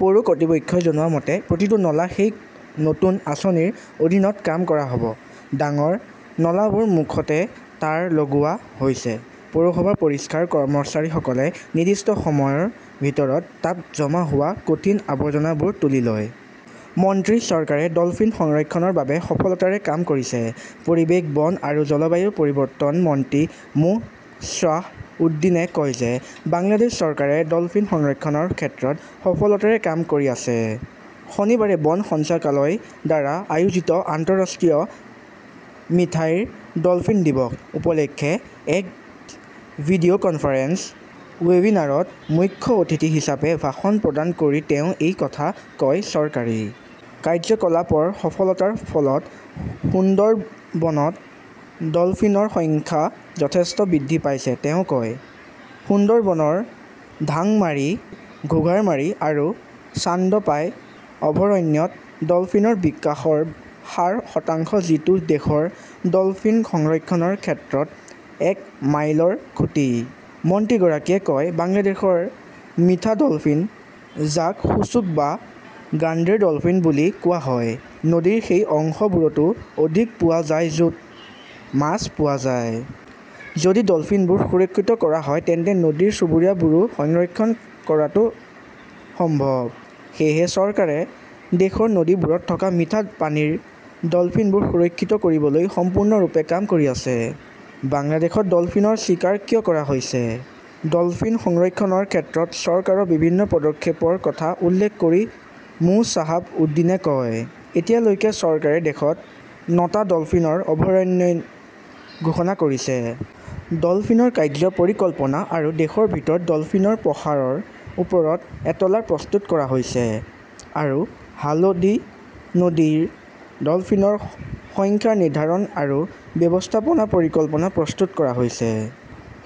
পৌৰ কৰ্তৃপক্ষই জনোৱা মতে, প্ৰতিটো নলা সেই নতুন আঁচনিৰ অধীনত কাম কৰা হ 'ব। ডাঙৰ নলাবোৰৰ মুখতে তাঁৰ লগোৱা হৈছে। পৌৰসভাৰ পৰিষ্কাৰ কৰ্মচাৰীসকলে নিৰ্দিষ্ট সময়ৰ ভিতৰত তাত জমা হোৱা কঠিন আৱৰ্জনাবোৰ তুলি লয়। মন্ত্ৰী চৰকাৰে ডলফিন সংৰক্ষণৰ বাবে সফলতাৰে কাম কৰিছে পৰিৱেশ, বন আৰু জলবায়ু পৰিৱৰ্তন মন্ত্ৰী মো শ্বাহ উদ্দিনে কয় যে বাংলাদেশ চৰকাৰে ডলফিন সংৰক্ষণৰ ক্ষেত্ৰত সফলতাৰে কাম কৰি আছে। শনিবাৰে বন সঞ্চালকালয়ৰ দ্বাৰা আয়োজিত আন্তঃৰাষ্ট্ৰীয় মিঠাইৰ ডলফিন দিৱস- উপলক্ষে এক ভিডিঅ কনফাৰেন্সত ৱেবিনাৰত মুখ্য অতিথি হিচাপে ভাষণ প্ৰদান কৰি তেওঁ এই কথা কয়। চৰকাৰী কাৰ্যকলাপৰ সফলতাৰ ফলত সুন্দৰবনত ডলফিনৰ সংখ্যা যথেষ্ট বৃদ্ধি পাইছে, তেওঁ কয়। সুন্দৰবনৰ ঢাংমাৰী, ঘাগাৰমাৰী আৰু চান্দপাই অভয়াৰণ্যত ডলফিনৰ বিকাশৰ হাৰ শতাংশ যিটো দেশৰ ডলফিন সংৰক্ষণৰ ক্ষেত্ৰত এক মাইলৰ খুঁটি। মন্ত্ৰীগৰাকীয়ে কয়, বাংলাদেশৰ মিঠা ডলফিন, যাক শুছুক বা গাঙ্গেয় ডলফিন বুলি কোৱা হয়, নদীৰ সেই অংশবোৰতো অধিক পোৱা যায় য 'ত মাছ পোৱা যায়। যদি ডলফিনবোৰ সুৰক্ষিত কৰা হয় তেন্তে নদীৰ চুবুৰীয়াবোৰো সংৰক্ষণ কৰাটো সম্ভৱ। সেয়েহে চৰকাৰে দেশৰ নদীবোৰত থকা মিঠা পানীৰ ডলফিনবোৰ সুৰক্ষিত কৰিবলৈ সম্পূৰ্ণৰূপে কাম কৰি আছে। বাংলাদেশত ডলফিনৰ চিকাৰ কিয় কৰা হৈছে? ডলফিন সংৰক্ষণৰ ক্ষেত্ৰত চৰকাৰৰ বিভিন্ন পদক্ষেপৰ কথা উল্লেখ কৰি মো শ্বাহাব উদ্দীনে কয়, এতিয়ালৈকে চৰকাৰে দেশত ন'টা ডলফিন অভয়াৰণ্য ঘোষণা কৰিছে। ডলফিনৰ কাৰ্য্য পৰিকল্পনা আৰু দেশৰ ভিতৰত ডলফিনৰ প্ৰসাৰৰ ওপৰত এটলাস প্ৰস্তুত কৰা হৈছে আৰু হালদা নদীত ডলফিনৰ সংখ্যা নিৰ্ধাৰণ আৰু ব্যৱস্থাপনা পৰিকল্পনা প্ৰস্তুত কৰা হৈছে।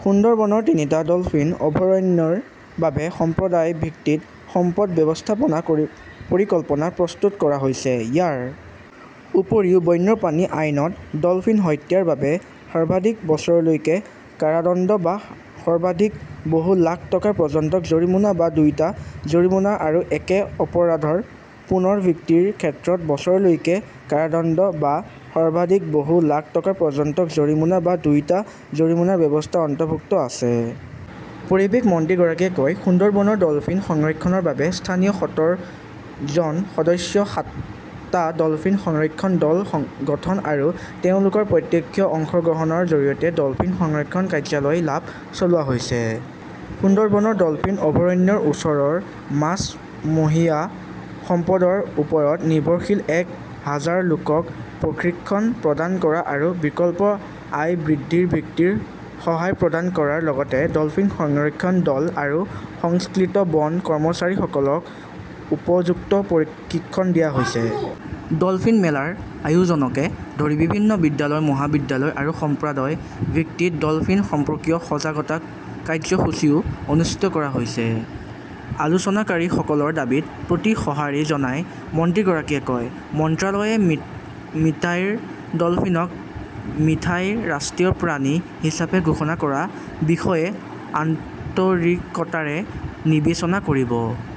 সুন্দৰবনৰ তিনিটা ডলফিন অভয়াৰণ্যৰ বাবে সম্প্ৰদায় ভিত্তিক সম্পদ ব্যৱস্থাপনা পৰিকল্পনা প্ৰস্তুত কৰা হৈছে। ইয়াৰ উপৰিও বন্যপ্ৰাণী আইনত ডলফিন হত্যাৰ বাবে সৰ্বাধিক বছৰলৈকে কাৰাদণ্ড বা সৰ্বাধিক বহু লাখ টকা পৰ্যন্ত জৰিমনা বা দুয়োটা জৰিমনা আৰু একে অপৰাধৰ পুনৰাবৃত্তিৰ ক্ষেত্ৰত বছৰলৈকে কাৰাদণ্ড বা সৰ্বাধিক বহু লাখ টকা পৰ্যন্ত জৰিমনা বা দুয়োটা জৰিমনাৰ ব্যৱস্থা অন্তৰ্ভুক্ত আছে। পৰিৱেশ মন্ত্ৰীগৰাকীয়ে কয়, সুন্দৰবনৰ ডলফিন সংৰক্ষণৰ বাবে স্থানীয় সত্তৰজন সদস্যৰ সাতটা ডলফিন সংৰক্ষণ দল গঠন আৰু তেওঁলোকৰ প্ৰত্যক্ষ অংশগ্ৰহণৰ জৰিয়তে ডলফিন সংৰক্ষণ কাৰ্যকলাপ চলোৱা হৈছে। সুন্দৰবনৰ ডলফিন অভয়াৰণ্যৰ ওচৰৰ মাছমহীয়া সম্পদৰ ওপৰত নিৰ্ভৰশীল এক হাজাৰ লোকক প্ৰশিক্ষণ প্ৰদান কৰা আৰু বিকল্প আয় বৃদ্ধিৰ বিত্তীয় সহায় প্ৰদান কৰাৰ লগতে ডলফিন সংৰক্ষণ দল আৰু সংশ্লিষ্ট বন কৰ্মচাৰীসকলক উপযুক্ত প্ৰশিক্ষণ দিয়া হৈছে। ডলফিন মেলাৰ আয়োজনকে ধৰি বিভিন্ন বিদ্যালয়-মহাবিদ্যালয় আৰু সম্প্ৰদায় ভিত্তিক ডলফিন সম্পৰ্কীয় সজাগতা কাৰ্যসূচীও অনুষ্ঠিত কৰা হৈছে। আলোচনাকাৰীসকলৰ দাবীৰ প্ৰতি সঁহাৰি জনাই মন্ত্ৰীগৰাকীয়ে কয়, মন্ত্ৰালয়ে মিঠাইৰ ডলফিনক মিঠাইৰ ৰাষ্ট্ৰীয় প্ৰাণী হিচাপে ঘোষণা কৰাৰ বিষয়ে আন্তৰিকতাৰে নিবেচনা কৰিব।